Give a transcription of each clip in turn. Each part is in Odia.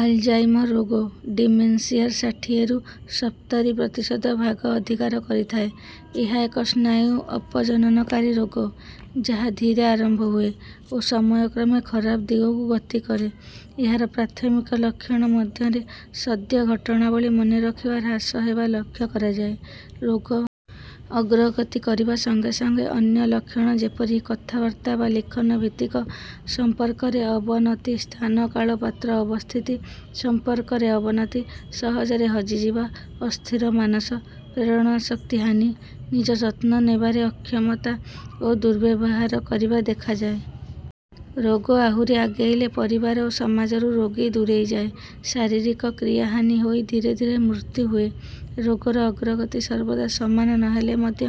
ଆଲଜାଇମର ରୋଗ, ଡିମେନ୍ସିଆର ଷାଠିଏ ରୁ ସପ୍ତରୀ ପ୍ରତିଶତ ଭାଗ ଅଧିକାର କରିଥାଏ। ଏହା ଏକ ସ୍ନାୟୁ ଅପଜନନକାରୀ ରୋଗ, ଯାହା ଧୀରେ ଆରମ୍ଭ ହୁଏ ଓ ସମୟକ୍ରମେ ଖରାପ ଦିଗକୁ ଗତି କରେ। ଏହାର ପ୍ରାଥମିକ ଲକ୍ଷଣ ମଧ୍ୟରେ ସଦ୍ୟ ଘଟଣାବଳୀ ମନେରଖିବା ହ୍ରାସ ହେବା ଲକ୍ଷ୍ୟ କରାଯାଏ। ରୋଗ ଅଗ୍ରଗତି କରିବା ସଙ୍ଗେ ସଙ୍ଗେ ଅନ୍ୟ ଲକ୍ଷଣ ଯେପରିକି କଥାବାର୍ତ୍ତା ବା ଲିଖନ ଭିତ୍ତିକ ସମ୍ପର୍କରେ ଅବନତି, ସ୍ଥାନ କାଳ ପାତ୍ର ଅବସ୍ଥିତି ସମ୍ପର୍କରେ ଅବନତି, ସହଜରେ ହଜିଯିବା, ଅସ୍ଥିର ମାନସ, ପ୍ରେରଣାଶକ୍ତି ହାନି, ନିଜ ଯତ୍ନ ନେବାରେ ଅକ୍ଷମତା ଓ ଦୁର୍ବ୍ୟବହାର କରିବା ଦେଖାଯାଏ। ରୋଗ ଆହୁରି ଆଗେଇଲେ ପରିବାର ଓ ସମାଜରୁ ରୋଗୀ ଦୂରେଇଯାଏ। ଶାରୀରିକ କ୍ରିୟାହାନି ହୋଇ ଧୀରେ ଧୀରେ ମୃତ୍ୟୁ ହୁଏ। ରୋଗର ଅଗ୍ରଗତି ସର୍ବଦା ସମାନ ନ ହେଲେ ମଧ୍ୟ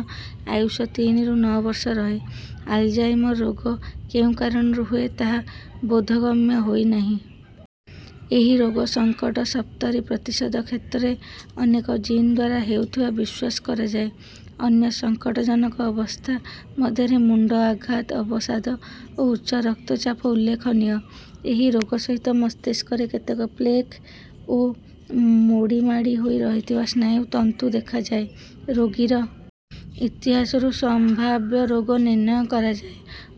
ଆୟୁଷ ତିନି ରୁ ନଅ ବର୍ଷ ରହେ। ଆଲଜାଇମର ରୋଗ କେଉଁ କାରଣରୁ ହୁଏ, ତାହା ବୋଧଗମ୍ୟ ହୋଇନାହିଁ। ଏହି ରୋଗ ସଙ୍କଟ ସପ୍ତରୀ ପ୍ରତିଶତ କ୍ଷେତ୍ରରେ ଅନେକ ଜିନ୍‌ ଦ୍ୱାରା ହେଉଥିବା ବିଶ୍ୱାସ କରାଯାଏ। ଅନ୍ୟ ସଙ୍କଟଜନକ ଅବସ୍ଥା ମଧ୍ୟରେ ମୁଣ୍ଡ ଆଘାତ, ଅବସାଦ ଓ ଉଚ୍ଛ ରକ୍ତଚାପ ଉଲ୍ଲେଖନୀୟ। ଏହି ରୋଗ ସହିତ ମସ୍ତିଷ୍କରେ କେତେକ ପ୍ଲେକ୍ ଓ ମୋଡ଼ିମାଡ଼ି ହୋଇ ରହିଥିବା ସ୍ନାୟୁ ତନ୍ତୁ ଦେଖାଯାଏ। ରୋଗୀର ଇତିହାସରୁ ସମ୍ଭାବ୍ୟ ରୋଗ ନିର୍ଣ୍ଣୟ କରାଯାଏ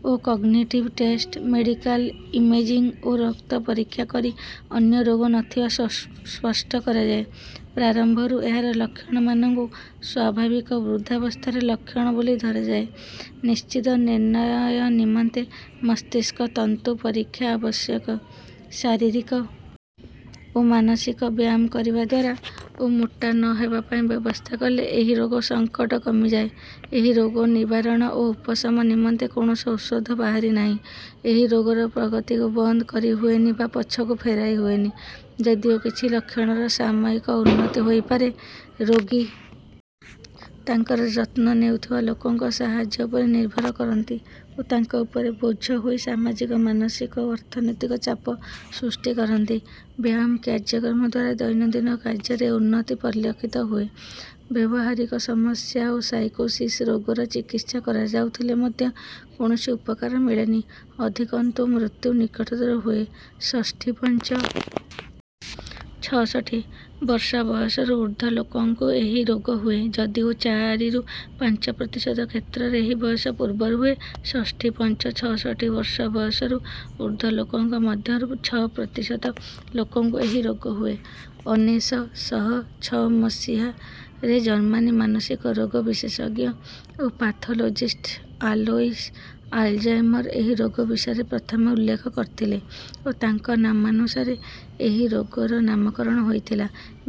ଓ କଗ୍ନିଟିଭ୍ ଟେଷ୍ଟ, ମେଡିକାଲ ଇମେଜିଙ୍ଗ୍ ଓ ରକ୍ତ ପରୀକ୍ଷା କରି ଅନ୍ୟ ରୋଗ ନ ଥିବା ସ୍ପଷ୍ଟ କରାଯାଏ। ପ୍ରାରମ୍ଭରୁ ଏହାର ଲକ୍ଷଣମାନଙ୍କୁ ସ୍ୱାଭାବିକ ବୃଦ୍ଧାବସ୍ଥାର ଲକ୍ଷଣ ବୋଲି ଧରାଯାଏ। ନିଶ୍ଚିତ ନିର୍ଣ୍ଣୟ ନିମନ୍ତେ ମସ୍ତିଷ୍କ ତନ୍ତୁ ପରୀକ୍ଷା ଆବଶ୍ୟକ। ଶାରୀରିକ ଓ ମାନସିକ ବ୍ୟାୟାମ କରିବା ଦ୍ୱାରା ଓ ମୋଟା ନ ହେବା ପାଇଁ ବ୍ୟବସ୍ଥା କଲେ ଏହି ରୋଗ ସଙ୍କଟ କମିଯାଏ। ଏହି ରୋଗ ନିବାରଣ ବା ଉପଶମ ନିମନ୍ତେ କୌଣସି ଔଷଧ ବାହାରି ନାହିଁ। ଏହି ରୋଗର ପ୍ରଗତିକୁ ବନ୍ଦ କରିହୁଏନି ବା ପଛକୁ ଫେରାଇ ହୁଏନି, ଯଦିଓ କିଛି ଲକ୍ଷଣର ସାମୟିକ ଉନ୍ନତି ହୋଇପାରେ। ରୋଗୀ ତାଙ୍କର ଯତ୍ନ ନେଉଥିବା ଲୋକଙ୍କ ସାହାଯ୍ୟ ଉପରେ ଅଧିକ ନିର୍ଭର କରନ୍ତି ଓ ତାଙ୍କ ଉପରେ ବୋଝ ହୋଇ ସାମାଜିକ, ମାନସିକ ଓ ଅର୍ଥନୈତିକ ଚାପ ସୃଷ୍ଟି କରନ୍ତି। ବ୍ୟାୟାମ କାର୍ଯ୍ୟକ୍ରମ ଦ୍ୱାରା ଦୈନନ୍ଦିନ କାର୍ଯ୍ୟରେ ଉନ୍ନତି ପରିଲକ୍ଷିତ ହୁଏ। ବ୍ୟବହାରିକ ସମସ୍ୟା ଓ ସାଇକୋସିସ୍ ରୋଗର ଚିକିତ୍ସା କରାଯାଉଥିଲେ ମଧ୍ୟ କୌଣସି ଉପକାର ମିଳେନି, ଅଧିକନ୍ତୁ ମୃତ୍ୟୁ ନିକଟତର ହୁଏ। ଷଷ୍ଠୀପଞ୍ଚ (ଛଷଠି) ବର୍ଷ ବୟସରୁ ଊର୍ଦ୍ଧ୍ୱ ଲୋକଙ୍କୁ ଏହି ରୋଗ ହୁଏ, ଯଦିଓ ଚାରି ରୁ ପାଞ୍ଚ ପ୍ରତିଶତ କ୍ଷେତ୍ରରେ ଏହି ବୟସ ପୂର୍ବରୁ ହୁଏ। ଷଷ୍ଠୀପଞ୍ଚ (ଛଷଠି) ବର୍ଷ ବୟସରୁ ଊର୍ଦ୍ଧ୍ୱ ଲୋକଙ୍କ ମଧ୍ୟରୁ ଛଅ ପ୍ରତିଶତ ଲୋକଙ୍କୁ ଏହି ରୋଗ ହୁଏ। ଅନେଶ ଶହ ଛଅ ମସିହା ରେ ଜର୍ମାନୀ ମାନସିକ ରୋଗ ବିଶେଷଜ୍ଞ ଓ ପାଥୋଲୋଜିଷ୍ଟ ଆଲୋଇସ୍ ଆଲଜାଇମର ଏହି ରୋଗ ବିଷୟରେ ପ୍ରଥମେ ଉଲ୍ଲେଖ କରିଥିଲେ ଓ ତାଙ୍କ ନାମାନୁସାରେ ଏହି ରୋଗର ନାମକରଣ ହୋଇଥିଲା।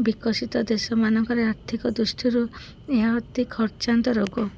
ବିକଶିତ ଦେଶମାନଙ୍କରେ ଆର୍ଥିକ ଦୃଷ୍ଟିରୁ ଏହା ଅତି ଖର୍ଚ୍ଚାନ୍ତ ରୋଗ।